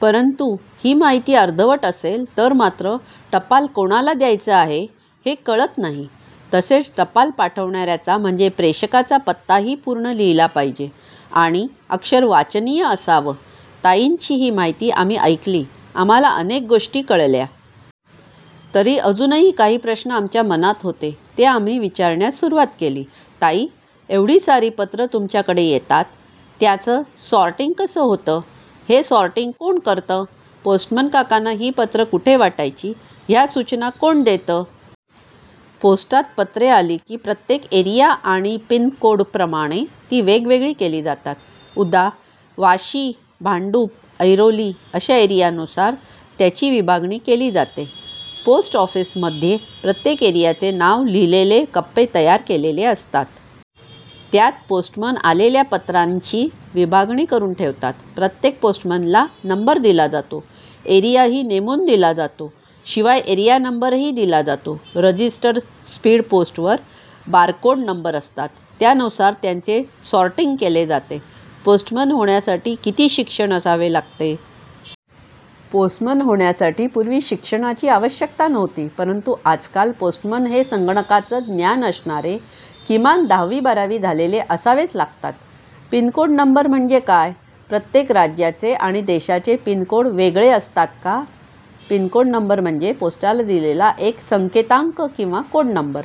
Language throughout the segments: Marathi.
परंतु ही माहिती अर्धवट असेल तर मात्र टपाल कोणाला द्यायचं आहे, हे कळत नाही. तसेच टपाल पाठवणाऱ्याचा म्हणजे प्रेषकाचा पत्ताही पूर्ण लिहिला पाहिजे. आणि अक्षर वाचनीय असावं. ताईंची ही माहिती आम्ही ऐकली. आम्हांला अनेक गोष्टी कळल्या. तरी अजूनही काही प्रश्न आमच्या मनात होते ते आम्ही विचारण्यास सुरुवात केली. ताई, एवढी सारी पत्रं तुमच्याकडे येतात, त्यांचं सॉर्टिंग कसं होतं? हे सॉर्टिंग कोण करतं? पोस्टमन काकांना ही पत्रं कुठे वाटायची, ह्या सूचना कोण देतं? पोस्टात पत्रे आली की प्रत्येक एरिया आणि पिन कोडप्रमाणे ती वेगवेगळी केली जातात. उदा. वाशी, भांडुप, ऐरोली अशा एरियानुसार त्याची विभागणी केली जाते. पोस्ट ऑफिसमध्ये प्रत्येक एरियाचे नाव लिहिलेले कप्पे तयार केलेले असतात. त्यात पोस्टमन आलेल्या पत्रांची विभागणी करून ठेवतात. प्रत्येक पोस्टमनला नंबर दिला जातो. एरियाही नेमून दिला जातो. शिवाय एरिया नंबरही दिला जातो. रजिस्टर-स्पीड पोस्टवर बारकोड नंबर असतात, त्यानुसार यांचे सॉर्टिंग केले जाते. पोस्टमन होण्यासाठी किती शिक्षण असावे लागते? पोस्टमन होण्यासाठी पूर्वी शिक्षणाची आवश्यकता नव्हती. परंतु आजकाल पोस्टमन हे संगणकाचं ज्ञान असणारे, किमान दहावी-बारावी झालेले असावेच लागतात. पिन कोड नंबर म्हणजे काय? प्रत्येक राज्याचे आणि देशाचे पिन कोड वेगळे असतात का? पिनकोड नंबर म्हणजे पोस्टाला दिलेला एक संकेतांक किंवा कोड नंबर.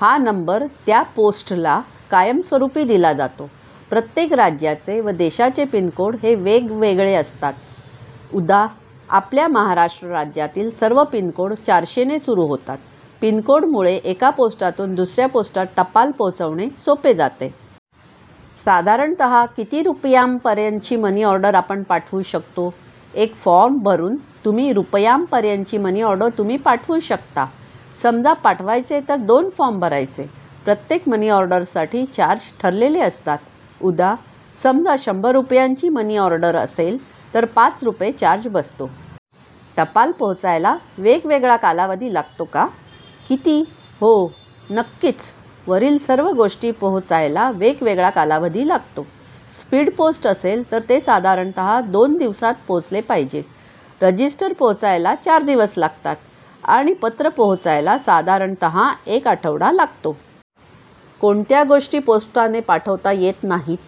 हा नंबर त्या पोस्टला कायमस्वरूपी दिला जातो. प्रत्येक राज्याचे व देशाचे पिन कोड हे वेगवेगळे असतात. उदा. आपल्या महाराष्ट्र राज्यातील सर्व पिन कोड चारशेने सुरू होतात. पिनकोडमुळे एका पोस्टातून दुसऱ्या पोस्टात टपाल पोहोचवणे सोपे जाते. साधारणतः किती रुपयांपर्यंतची मनीऑर्डर आपण पाठवू शकतो? एक फॉर्म भरून तुम्ही रुपयांपर्यंतची मनीऑर्डर तुम्ही पाठवू शकता. समजा पाठवायचे तर दोन फॉर्म भरायचे. प्रत्येक मनीऑर्डरसाठी चार्ज ठरलेले असतात. उदा. समजा शंभर रुपयांची मनीऑर्डर असेल तर पाच रुपये चार्ज बसतो. टपाल पोहोचायला वेगवेगळा कालावधी लागतो का? किती? हो. नक्कीच. वरील सर्व गोष्टी पोहोचायला वेगवेगळा कालावधी लागतो. स्पीड पोस्ट असेल तर ते साधारणतः दोन दिवसांत पोहोचले पाहिजे. रजिस्टर पोहोचायला चार दिवस लागतात आणि पत्र पोहोचायला साधारणतः एक आठवडा लागतो. कोणत्या गोष्टी पोस्टाने पाठवता येत नाहीत?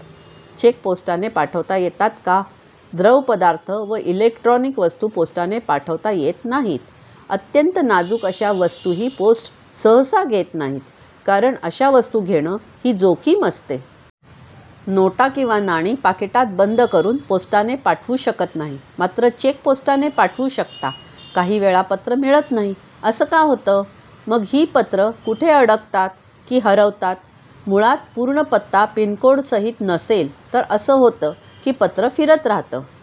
चेक पोस्टाने पाठवता येतात का? द्रव पदार्थ व इलेक्ट्रॉनिक वस्तू पोस्टाने पाठवता येत नाहीत. अत्यंत नाजूक अशा वस्तूही पोस्ट सहसा घेत नाहीत, कारण अशा वस्तू घेणं ही जोखीम असते. नोटा किंवा नाणी पाकिटात बंद करून पोस्टाने पाठवू शकत नाही. मात्र चेक पोस्टाने पाठवू शकता. काही वेळा पत्र मिळत नाही. असं का होतं? मग ही पत्रं कुठे अडकतात की हरवतात? मुळात पूर्ण पत्ता पिनकोडसहित नसेल तर असं होतं की पत्र फिरत राहतं